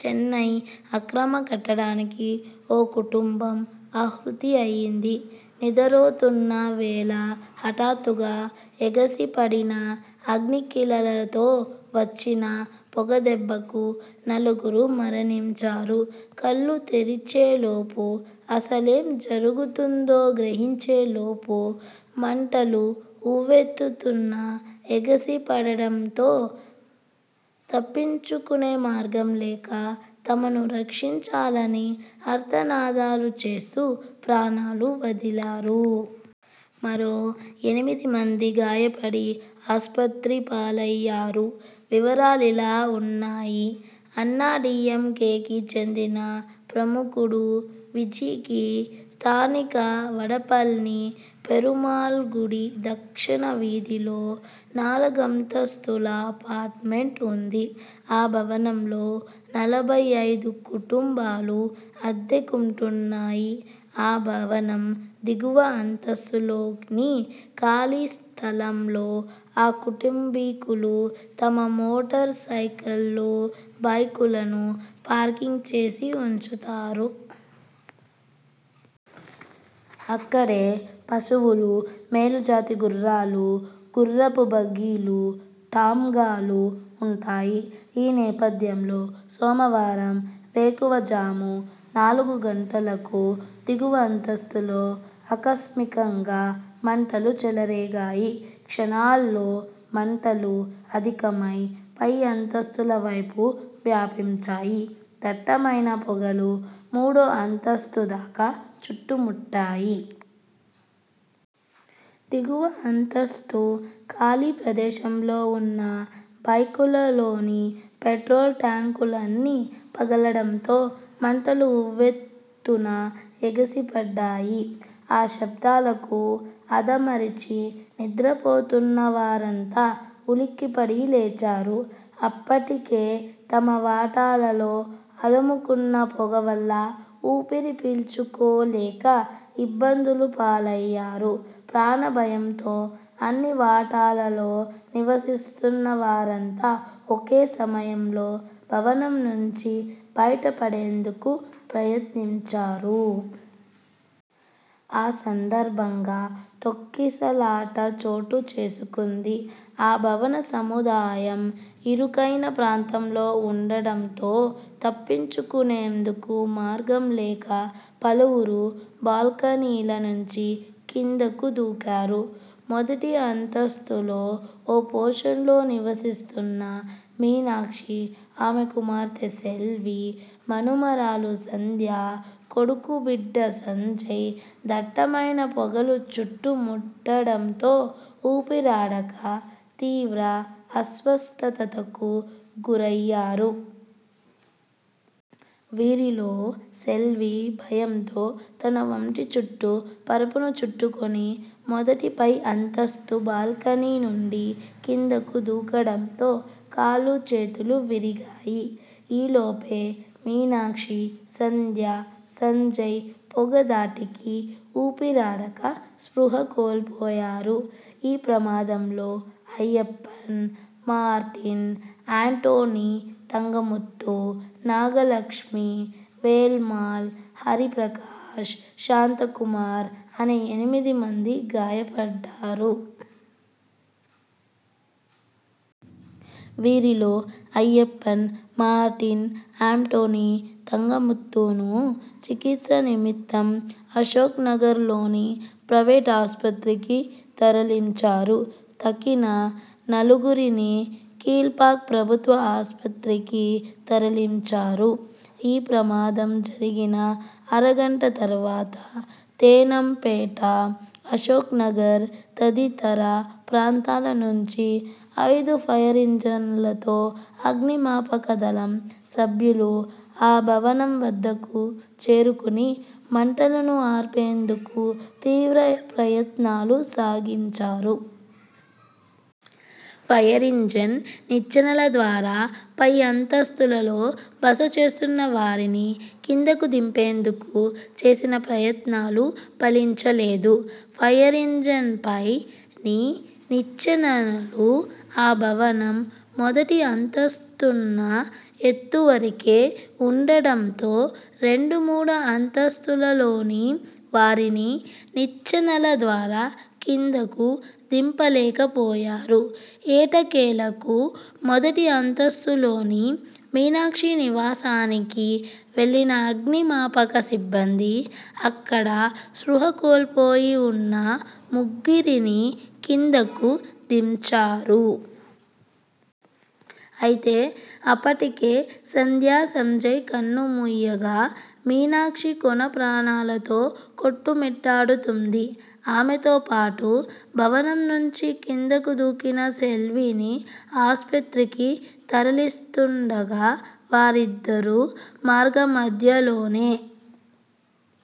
చెన్నై అక్రమ కట్టడానికి ఓ కుటుంబం ఆహుతి అయ్యింది. నిద్దరోతున్న వేళ హఠాత్తుగా ఎగసిపడిన అగ్నికీలలతో వచ్చిన పొగదెబ్బకు నలుగురు మరణించారు. కళ్లు తెరిచేలోపు, అసలేం జరుగుతుందో గ్రహించేలోపు మంటలు ఉవ్వెతుత్తున ఎగసిపడడంతో తప్పించుకునే మార్గం లేక, తమను రక్షించాలని ఆర్తనాదాలు చేస్తూ ప్రాణాలు వదిలారు. మరో ఎనిమిదిమంది గాయపడి ఆస్పత్రిపాలయ్యారు. వివరాలిలా వున్నాయి అన్నాడీఎంకేకి చెందిన ప్రముఖుడు విజీకి స్థానిక వడపళని పెరుమాళ్గుడి దక్షిణవీధిలో నాలుగం తస్తుల అపార్ట్మెంట్ వుంది. ఆ భవనంలో నలభై ఐదు కుటుంబాలు అద్దెకుంటున్నాయి. ఆ భవనం దిగువ అంతస్తులోని ఖాళీ స్థలంలో ఆ కుటుంబీకులు తమ మోటారుసైకిళ్లు, బైకులను పార్కింగ్ చేసి ఉంచుతారు. అక్కడే పశువులు, మేలుజాతి గుర్రా లు, గుర్రపు బగ్గీలు, టాంగాలు ఉంటాయి. ఈ నేపథ్యంలో సోమవారం వేకువజాము నాలుగు గంటలకు దిగువ అంతస్తులో ఆకస్మికంగా మంటలు చెలరేగాయి. క్షణాలలో మంటలు అధికమై పై అంతస్తుల వైపు వ్యాపించాయి. దట్టమైన పొగలు మూడో అంతస్తు దాకా చుట్టుముట్టాయి. దిగువ అంతస్తు ఖాళీ ప్రదేశంలో ఉన్న బైకుల లోని పెట్రోలు ట్యాంకులన్నీ పగలటంతో మంటలు ఉవ్వెత్తున ఎగసిపడ్డాయి. ఆ శబ్దాలకు ఆదమరచి నిద్రపోతున్నవారంతా ఉలిక్కిపడి లేచారు. అప్పటి కే తమ వాటాలలో అలముకున్న పొగ వల్ల ఊపిరి పీల్చుకోలేక ఇబ్బందులపాలయ్యారు. ప్రాణ భయంతో అన్ని వాటాలలో నివసిస్తున్నవారంతా ఒకే సమయంలో భవనం నుంచి బయట పడేందుకు ప్రయత్నించారు. ఆ సందర్భంగా తొక్కిసలాట చోటుచేసుకుంది. ఆ భవన సముదాయం ఇరుకైన ప్రాంతంలో ఉండటంతో తప్పించుకునేందుకు మార్గం లేక పలువురు బాల్కనీల నుంచి కిందకు దూకారు. మొదటి అంతస్థులో ఓ పోర్షన్లో నివసిస్తున్న మీనాక్షి, ఆమె కుమార్తె సెల్వి, మనుమరాలు సంధ్య, కొడుకు బిడ్డ సంజయ్ దట్టమైన పొగలు చుట్టుముట్టడంతో ఊపిరాడక తీవ్ర అస్వస్థతకు గురయ్యారు. వీరిలో సెల్వి భయంతో తన వంటి చుట్టు పరుపును చుట్టుకుని మొదటి పై అంతస్తు బాల్కనీ నుండి కిందకు దూకటంతో కాళ్లు చేతులు విరిగాయి. ఈలోపే మీనాక్షి, సంధ్య, సంజయ్ పొగ ధాటికి ఊపిరాడక స్పృహ కోల్పోయారు. ఈ ప్రమాదంలో అయ్యప్పన్, మార్టిన్, ఆంటోని తంగముత్తు, నాగలక్ష్మి, వేలమ్మాళ్, హర్రిపకాష్, శాంతకుమార్ అనే ఎనిమిది మంది గాయపడ్డారు. వీరిలో అయ్యప్పన్, మార్టిన్, ఆంటోని, తంగముత్తును చికిత్స నిమిత్తం అశోక్నగర్లోని ప్రైవేటు ఆస్పత్రికి తరలించారు. తక్కిన నలుగురిని కీల్పాక్ ప్రభుత్వ ఆస్పత్రికి తరలించారు. ఈ ప్రమాదం జరిగిన అరగంట తర్వాత తేనాం పేట, అశోక్నగర్ తదితర ప్రాంతాల నుంచి ఐదు ఫైరింజన్లతో అగ్నిమాపక దళం సభ్యులు ఆ భవనం వద్దకు చేరుకుని మంటలను ఆర్పేందుకు తీవ్ర ప్రయత్నాలు సాగించారు. ఫైరింజిన్ నిచ్చెనల ద్వారా పై అంతస్తులలో బస చేస్తున్నవారిని కిందకు దింపేందుకు చేసిన ప్రయత్నాలు ఫలించలేదు. ఫైరింజన్పైని నిచ్చెనలు ఆ భవనం మొదటి అంతస్తున్న ఎత్తువరకే ఉండటంతో రెండు మూడు అంతస్తులలోని వారిని నిచ్చెనల ద్వారా కిందకు దింప లేకపోయారు. ఎట్టకేలకు మొదటి అంతస్తులోని మీనాక్షి నివాసానికి వెళ్లిన అగ్నిమాపక సిబ్బంది, అక్కడ స్పృహ కోల్పోయి వున్న ముగ్గురినీ కిందకు దించారు. అయితే అప్పటికే సంధ్య, సంజయ్ కన్నుమూయగా, మీనాక్షి కొనప్రాణాలతో కొట్టుమిట్టాడుతోంది. ఆమెతో పాటు భవనం నుంచి కిందకు దూకిన సెల్విని ఆస్పత్రికి తరలిస్తుండగా, వారిద్దరూ మార్గమధ్యలోనే